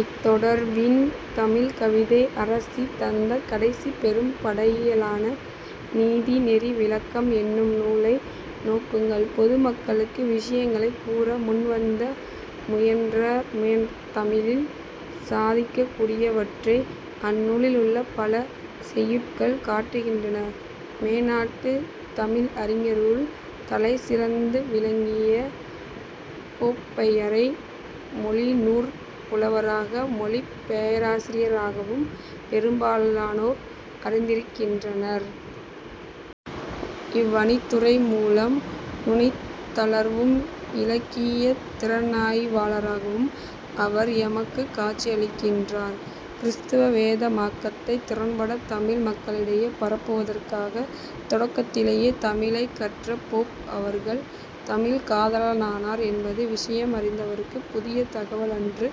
இத்தொடர்பின் தமிழ்க் கவிதை அரசி தந்த கடைசிப் பெரும் படையலான நீதிநெறி விளக்கம் என்னும் நூலை நோக்குங்கள். பொதுமக்களுக்கு விஷயங்களைக் கூற முன்வந்து முயன்றால் தமிழில் சாதிக்கக்கூடியவற்றை அந்நூலிலுள்ள பல செய்யுட்கள் காட்டுகின்றன. " மேனாட்டுத் தமிழறிஞருள் தலைசிறந்து விளங்கிய போப்பையரை மொழிநூற் புலவராகவும் மொழி பெயர்ப்பாசிரியராகவுமே பெரும்பாலானோர் அறிந்திருக்கின்றனர். இவ்வணித்துரை மூலம் நுனித்தாராயும் இலக்கியத் திறனாய்வாளராகவும் அவர் எமக்குக் காட்சியளிக்கின்றார். கிறித்துவ வேதாகமத்தைத் திறம்பட தமிழ் மக்களிடையே பரப்புவதற்காக தொடக்கத்திலே தமிழைக்கற்ற போப் அவர்கள் தமிழ் காதலரானார் என்பது விஷயமறிந்தவர்க்குப் புதிய தகவல் அன்று.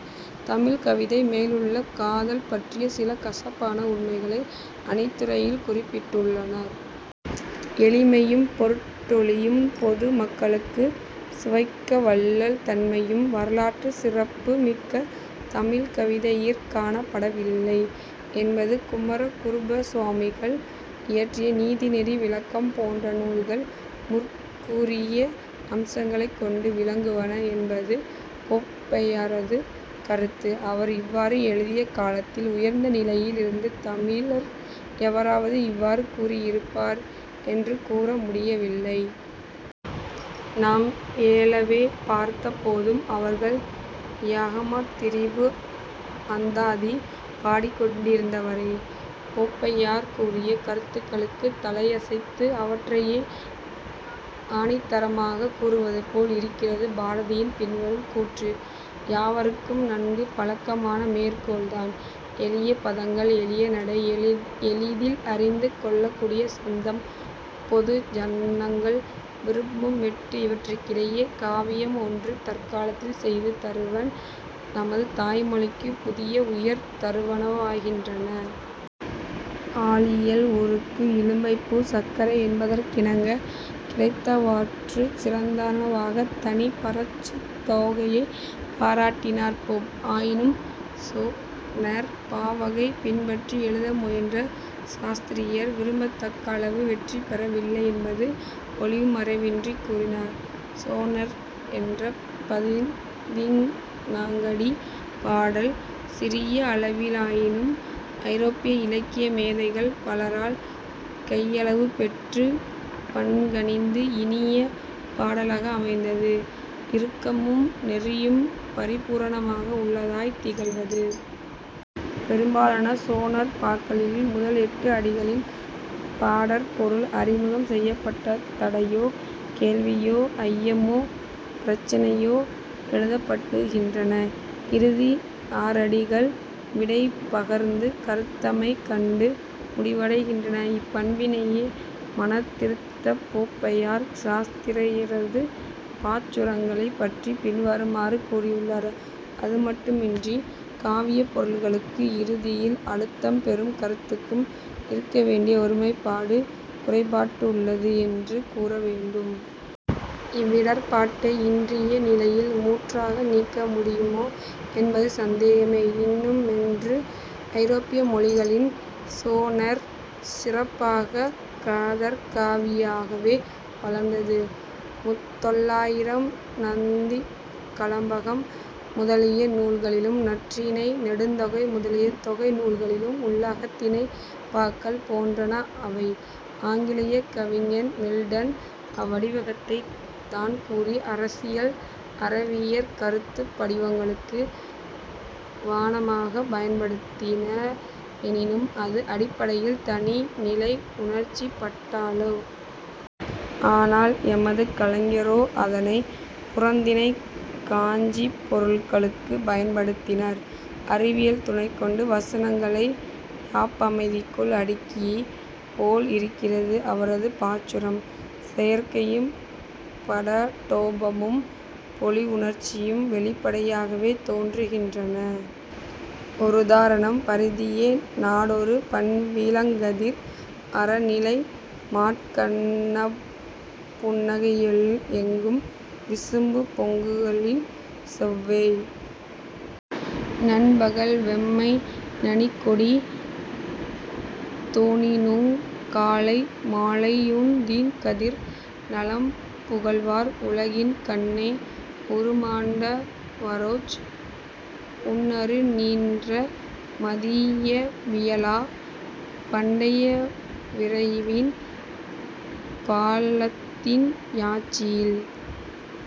தமிழ் கவிதை மேலுள்ள காதல் பற்றிச் சில "கசப்பான" உண்மைகளை அணித்துரையில் குறிப்பிட்டுள்ளார். எளிமையும், பொருட்டௌிவும், பொது மக்களும் சுவைக்கவல்ல தன்மையும் வரலாற்றுச் சிறப்பு மிக்க தமிழ்க் கவிதையிற் காணப்படவில்லை என்பதும், குமரகுருபரசுவாமிகள் இயற்றிய நீதிநெறி விளக்கம் போன்ற நூல்கள் முற்கூறிய அம்சங்களைக் கொண்டு விளங்குவன என்பதும் போப்பையரது கருத்து. அவர் இவ்வாறு எழுதிய காலத்தில் உயர்ந்த நிலையிலிருந்த தமிழர் எவராவது இவ்வாறு கூறியிருப்பர் என்று கூற முடியவில்லை. நாம் ஏலவே பார்த்ததுபோல அவர்கள் 'யமகம் திரிபு அந்தாதி' பாடிக்கொண்டிருந்தவரே. போப்பையர் கூறிய கருத்துக்களுக்குத் தலையசைத்து அவற்றையே ஆணித்தரமாகக் கூறுவதுபோல இருக்கிறது பாரதியின் பின்வரும் கூற்று. யாவருக்கும் நன்கு பழக்கமான மேற்கோள்தான்: "எளிய பதங்கள், எளிய நடை, எளிதில் அறிந்து கொள்ளக்கூடிய சந்தம், பொது ஜனங்கள் விரும்பும் மெட்டு இவற்றினையுடைய காவியம் ஒன்று தற்காலத்தில் செய்து தருவன் நமது தாய் மொழிக்குப் புதிய உயிர் தருவோனாகின்றான். " ஆலியல் ஊருக்கு இலுப்பைப்பூ சர்க்கரை என்பதற்கிணங்க, கிடைத்தவற்றுட் சிறந்ததான தனிப்பாசுரத் தொகையைப் பாராட்டினார் போப். ஆயினும் 'சொனெற்' பாவகையைப் பின்பற்றி எழுத முயன்ற சாஸ்திரியார் விரும்பத்தக்களவு வெற்றிபெற வில்லை என்பதை ஒளிமறைவுவின்றிக் கூறினார். 'சொனெற்' என்ற பதினான்கடிப் பாடல் சிறிய அளவினதாயினும், ஐரோப்பிய இலக்கிய மேதைகள் பலரால் கையாளப் பெற்றுப் பண்கனிந்து இனிய பாடலாக அமைந்தது; இறுக்கமும் நெறிவும் பரிபூரணமாக உள்ளதாய்த் திகழ்வது. பெரும் பாலான சொனெற் பாக்களிலே, முதல் எட்டு அடிகளில் பாடற் பொருள் அறிமுகம் செய்யப்பட்டுத் தடையோ, கேள்வியோ, ஐயமோ, பிரச்சினையோ எழுப்பப்படுகின்றன. இறுதி ஆறடிகள் விடை பகர்ந்து, கருத்தமைதி கண்டு முடிவடைகின்றன. இப்பண்பினையே மனந்திருத்திப் போப்பையர் சாஸ்திரியாரது பாசுரங்களைப் பற்றிப் பின்வருமாறு கூறியுள்ளார்: "... அதுமட்டு மன்றிக் காவிப்பொருளுக்கும் இறுதியில் அழுத்தம் பெறும் கருத்துக்கும் இருக்கவேண்டிய ஒருமைப்பாடு குறைபட்டுள்ளது என்றே கூறவேண்டும். இவ்விடர்ப்பாட்டை இன்றைய நிலையில் முற்றாக நீக்க முடியுமோ என்பது சந்தேகமே. " இன்னுமென்று, ஐரோப்பிய மொழிகளிலே 'சொனெற்' சிறப்பாகக் காதற் கவியாகவே வளர்ந்தது. முத்தொள்ளாயிரம், நந்திக்கலம்பகம், முதலிய நூல்களிலும், நற்றிணை, நெடுந்தொகை முதலிய தொகை நூல்களிலும் உள்ள அகத்திணைப் பாக்கள் போன்றன அவை. ஆங்கிலக் கவிஞன் மில்டன் அவ்வடிவத்தைத் தான் கூறிய அரசியல், அறவியற் கருத்துப் படிவங்களுக்கு வாநமாக பயன்படுத்தினா னெனினும், அது அடிப்படையில் தனிநிலை உணர்ச்சிப்பாடலே. ஆனால் எமது கலைஞரோ, அதனைப் புறத்திணைக் காஞ்சிப் பொருளுக்குப் பயன்படுத்தினார். அறிவின் துணைகொண்டு வசனங்களை யாப்பமைதிக்குள் அடுக்கியது போல இருக்கிறது அவரது பாசுரம். செயற்கையும் படாடோபமும் போலியுணர்ச்சியும் வௌிப்படையாகவே தோன்றுகின்றன. ஓருதாரணம்: "பரிதியே! நாடொறும் பண்பி னிளங்கதிர் அருநில மகட்கண் டண்ணல்புன் னகையென எங்கணும் வீசுபு பொங்குகளி சொய்வோய்! நண்பகல் வெம்மை நனிகொடி தொனினுங் காலை மாலையுநின் கதிர் நலம் புகழ்வர் உலகின் கண்ணே! உறுமாண்ட வரரோச்! உன்னரு னின்றற மதிய வியலா; பண்டையிரவின் பாழத்ந் யாட்சியில்